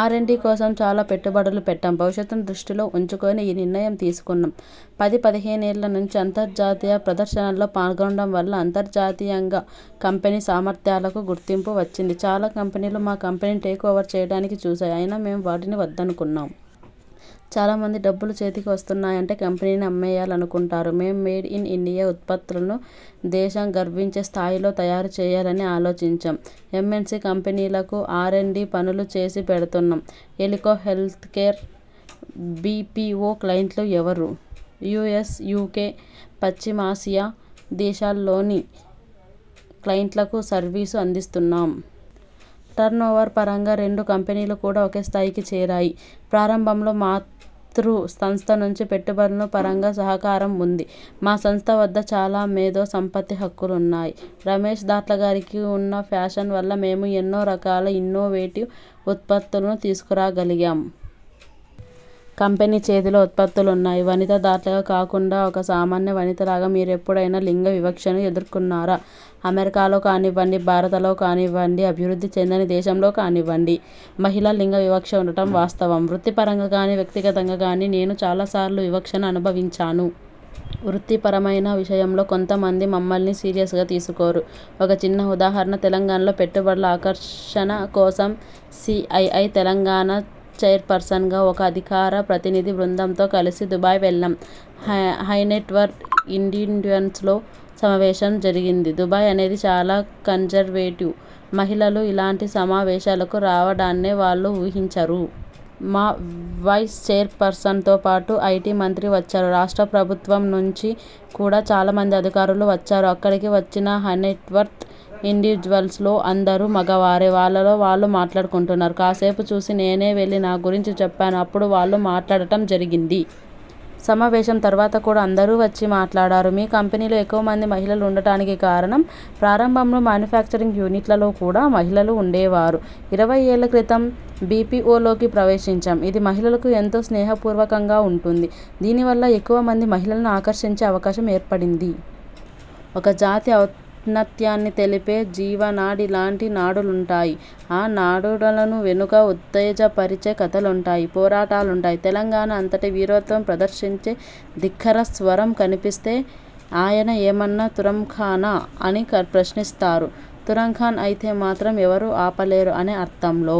Are and D కోసం చాలా పెట్టుబడులు పెట్టాం. భవిష్యతను దృష్టిలో ఉంచుకునే ఈ నిర్ణయం తీసుకున్నాం. పదిపదిహేనేళ్ల నుంచి అంతర్జాతీయ ప్రదర్శనల్లో పాల్గొనడం వల్ల అంతర్జాతీయంగా కంపెనీ సామర్థ్యాలకు గుర్తింపు వచ్చింది. చాలా కంపెనీలు మా కంపెనీని టేకోవర్ చేయడానికి చూశాయి. అయినా మేము వాటిని వద్దనుకున్నాం. చాలా మంది డబ్బులు చేతికి వస్తున్నాయంటే కంపెనీని అమ్మేయాలనుకుంటారు. మేం, మేడ్ ఇన్ ఇండియా ఉత్పత్తులను దేశం గర్వించే స్థాయిలో తయారు చేయాలని ఆలోచించాం. ఎంఎన్సి కంపెనీలకు ఆర్అండ్ డి పనులు చేసి పెడుతున్నాం. ఎలికో హెల్త్కేర్ బిపిఒ క్లయింట్లు ఎవరు? యుఎస్, యుకె, పశ్చిమాసియా దేశాల్లోని క్లయింట్లకు సర్వీసులు అందిస్తున్నాం. టర్నోవర్ పరంగా రెండు కంపెనీలు కూడా ఒకేస్థాయికి చేరాయి. ప్రారంభంలో మాతృ సంస్థ నుంచి పెట్టుబడుల పరంగా సహకారం ఉంది. మా సంస్థ వద్ద చాలా మేధో సంపత్తి హక్కులున్నాయి. రమేష్ దాట్ల గారికి ఉన్న ఫ్యాషన్ వల్ల మేము ఎన్నో రకాల ఇన్నోవేటివ్ ఉత్పత్తులను తీసుకురాగలిగాం. కంపెనీ చేతిలో ఉత్పత్తులున్నాయి. వనిత దాట్లగా కాకుండా ఒక సామాన్య వనితలాగా మీరెప్పుడైనా లింగ వివక్షను ఎదుర్కొన్నారా? అమెరికాలో కానివ్వండి, భారతలో కానివ్వండి అభివృద్ధి చెందని దేశంలో కానివ్వండి మహిళా లింగ వివక్ష ఉండటం వాస్తవం. వృత్తిపరంగా గానీ వ్యక్తిగతంగా గానీ నేను చాలాసార్లు వివక్షను అనుభవించాను. వృత్తిపరమైన విషయంలో కొంత మంది మమ్మల్ని సీరియ్సగా తీసుకోరు. ఒక చిన్న ఉదాహరణ తెలంగాణలో పెట్టుబడుల ఆకర్షణ కోసం సిఐఐ తెలంగాణ చైర్పర్సన్గా ఒక అధికార ప్రతినిధి బృందంతో కలిసి దుబాయ్ వెళ్లాం. హైనెట్వర్త్ ఇండివిడ్యువల్స్తో సమావేశం జరిగింది. దుబాయ్ అనేది చాలా కన్జర్వేటివ్. మహిళలు ఇలాంటి సమావేశాలకు రావడాన్నే వాళ్లు ఊహించరు. మా వైస్ చైర్పర్సన్తోపాటు ఐటి మంత్రి వచ్చారు. రాష్ట్ర ప్రభు త్వం నుంచి కూడా చాలా మంది అధికారులు వచ్చారు. అక్కడికి వచ్చిన హైనెట్వర్త్ ఇండివిడ్యువల్స్లో అందరూ మగవారే. వాళ్లలో వాళ్లు మాట్లాడుకుంటున్నారు. కాసేపు చూసి, నేనే వెళ్లి నా గురించి చెప్పాను. అప్పుడు వాళ్లు మాట్లాడటం జరిగింది. సమావేశం తర్వాత కూడా అందరూ వచ్చి మాట్లాడారు. మీ కంపెనీలో ఎక్కువ మంది మహిళలు ఉండటానికి కారణం? ప్రారంభంలో మాన్యుఫ్యాక్చరింగ్ యూనిట్లో కూడా మహిళలు ఉండే వారు. ఇరవై ఏళ్ల క్రితం బిపిఒలోకి ప్రవేశించాం. ఇది మహిళలకు ఎంతో స్నేహపూర్వకంగా ఉంటుంది. దీని వల్ల ఎక్కువ మంది మహిళలను ఆకర్షించే అవకాశం ఏర్పడింది. ఒక జాతి ఔన్నత్యాన్ని తెలిపే జీవనాడి లాంటి నానుడులుంటాయి. ఆ నానుడుల వెనుక ఉత్తేజపరిచే కథలుంటాయి, పోరాటాలుంటాయి. తెలంగాణ అంతటా వీరత్వం ప్రదర్శించే ధిక్కార స్వరం కనిపిస్తే 'ఆయన ఏమన్నా తురుంఖానా? ' అని ప్రశ్నిస్తారు, తురుంఖాన్ అయితే మాత్రం ఎవరూ ఆపలేరు అనే అర్థంలో.